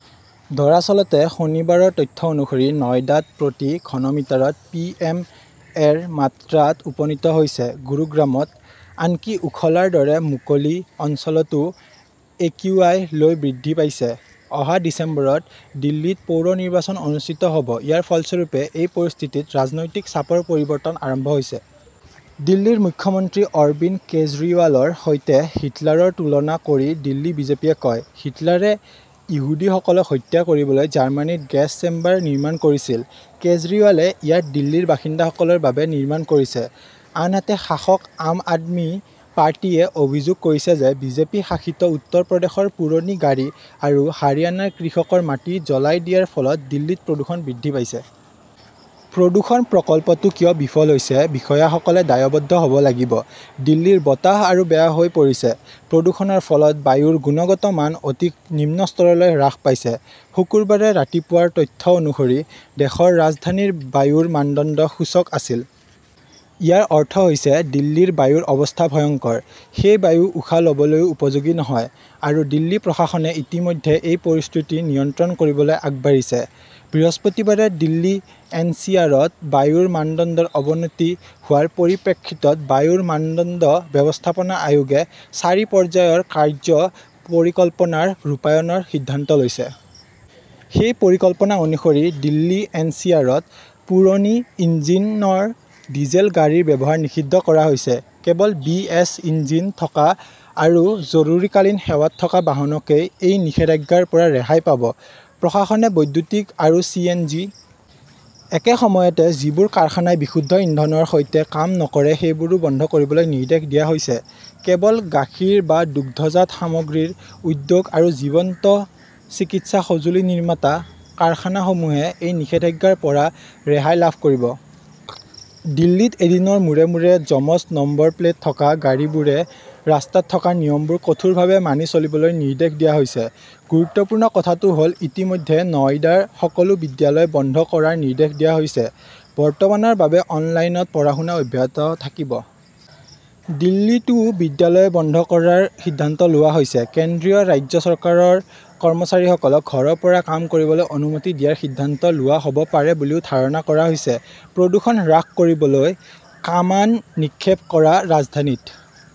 দৰাচলতে শনিবাৰৰ তথ্য অনুসৰি নয়ডাত প্ৰতি ঘনমিটাৰত পিএম -এৰ মাত্ৰা ত উপনীত হৈছে। গুৰুগ্ৰামত । আনকি ওখলাৰ দৰে 'মুকলি "অঞ্চলতও একিউআই লৈ বৃদ্ধি পাইছে! অহা ডিচেম্বৰত দিল্লীত পৌৰ নিৰ্বাচন অনুষ্ঠিত হ 'ব। ইয়াৰ ফলস্বৰূপে এই পৰিস্থিতিত ৰাজনৈতিক চাপৰ পৰিৱৰ্তন আৰম্ভ হৈছে। দিল্লীৰ মুখ্যমন্ত্ৰী অৰবিন্দ কেজৰিৱালৰ সৈতে হিটলাৰৰ তুলনা কৰি দিল্লী বিজেপিয়ে কয়, "হিটলাৰে ইহুদীসকলক হত্যা কৰিবলৈ জাৰ্মানীত গেছ চেম্বাৰ নিৰ্মাণ কৰিছিল। কেজৰিৱালে ইয়াত দিল্লীৰ বাসিন্দাসকলৰ বাবে নিৰ্মাণ কৰিছে। " আনহাতে, শাসক আম আদমি পাৰ্টি য়ে অভিযোগ কৰিছে যে বিজেপি শাসিত উত্তৰ প্ৰদেশৰ পুৰণি গাড়ী আৰু হাৰিয়ানাৰ কৃষকৰ মাটি জ্বলাই দিয়াৰ ফলত দিল্লীত প্ৰদূষণ বৃদ্ধি পাইছে। প্ৰদূষণ প্ৰকল্পটো কিয় বিফল হৈছে, বিষয়াসকলে দায়বদ্ধ হ 'ব লাগিব দিল্লীৰ বতাহ আৰু বেয়া হৈ পৰিছে। প্ৰদূষণৰ ফলত বায়ুৰ গুণগত মান অতি নিম্ন স্তৰলৈ হ্ৰাস পাইছে। শুকুৰবাৰে ৰাতিপুৱাৰ তথ্য অনুসৰি, দেশৰ ৰাজধানীৰ বায়ুৰ মানদণ্ড সূচক আছিল। ইয়াৰ অৰ্থ হৈছে দিল্লীৰ বায়ুৰ অৱস্থা 'ভয়ংকৰ "। সেই বায়ু উশাহ ল "বলৈও উপযোগী নহয়। আৰু দিল্লী প্ৰশাসনে ইতিমধ্যে এই পৰিস্থিতি নিয়ন্ত্ৰণ কৰিবলৈ আগবাঢ়িছে। বৃহস্পতিবাৰে দিল্লী-এনচিআৰত বায়ুৰ মানদণ্ডৰ অৱনতি হোৱাৰ পৰিপ্ৰেক্ষিতত বায়ুৰ মানদণ্ড ব্যৱস্থাপনা আয়োগে চাৰি পৰ্যায়ৰ 'কাৰ্য্য পৰিকল্পনা "ৰ ৰূপায়ণৰ সিদ্ধান্ত লৈছে। সেই পৰিকল্পনা অনুসৰি, দিল্লী-এনচিআৰত পুৰণি ইঞ্জিনৰ ডিজেল গাড়ীৰ ব্যৱহাৰ নিষিদ্ধ কৰা হৈছে। কেৱল বি. এছ. ইঞ্জিন থকা আৰু জৰুৰীকালীন সেৱাত থকা বাহনকেই এই নিষেধাজ্ঞাৰ পৰা ৰেহাই পাব। প্ৰশাসনে বৈদ্যুতিক আৰু চি. এন. জি. একে সময়তে, যিবোৰ কাৰখানাই বিশুদ্ধ ইন্ধনৰ সৈতে কাম নকৰে সেইবোৰো বন্ধ কৰিবলৈ নিৰ্দেশ দিয়া হৈছে। কেৱল গাখীৰ বা দুগ্ধজাত সামগ্ৰীৰ উদ্যোগ আৰু জীৱন্ত চিকিৎসা সঁজুলি নিৰ্মাতা কাৰখানাসমূহে এই নিষেধাজ্ঞাৰ পৰা ৰেহাই লাভ কৰিব। দিল্লীত এদিনৰ মূৰে মূৰে যমজ নম্বৰ প্লেট থকা গাড়ীবোৰে ৰাস্তাত থকা নিয়মবোৰ কঠোৰভাৱে মানি চলিবলৈ নিৰ্দেশ দিয়া হৈছে। গুৰুত্বপূৰ্ণ কথাটো হ "ল, ইতিমধ্যে নয়ডাৰ সকলো বিদ্যালয় বন্ধ কৰাৰ নিৰ্দেশ দিয়া হৈছে। বৰ্তমানৰ বাবে অনলাইনত পঢ়া-শুনা অব্যাহত থাকিব। দিল্লীতও বিদ্যালয় বন্ধ কৰাৰ সিদ্ধান্ত লোৱা হৈছে। কেন্দ্ৰীয়-ৰাজ্য চৰকাৰৰ কৰ্মচাৰীসকলক ঘৰৰ পৰা কাম কৰিবলৈ অনুমতি দিয়াৰ সিদ্ধান্ত লোৱা হ "ব পাৰে বুলিও ধাৰণা কৰা হৈছে। প্ৰদূষণ হ্ৰাস কৰিবলৈ কামান নিক্ষেপ কৰা! ৰাজধানীত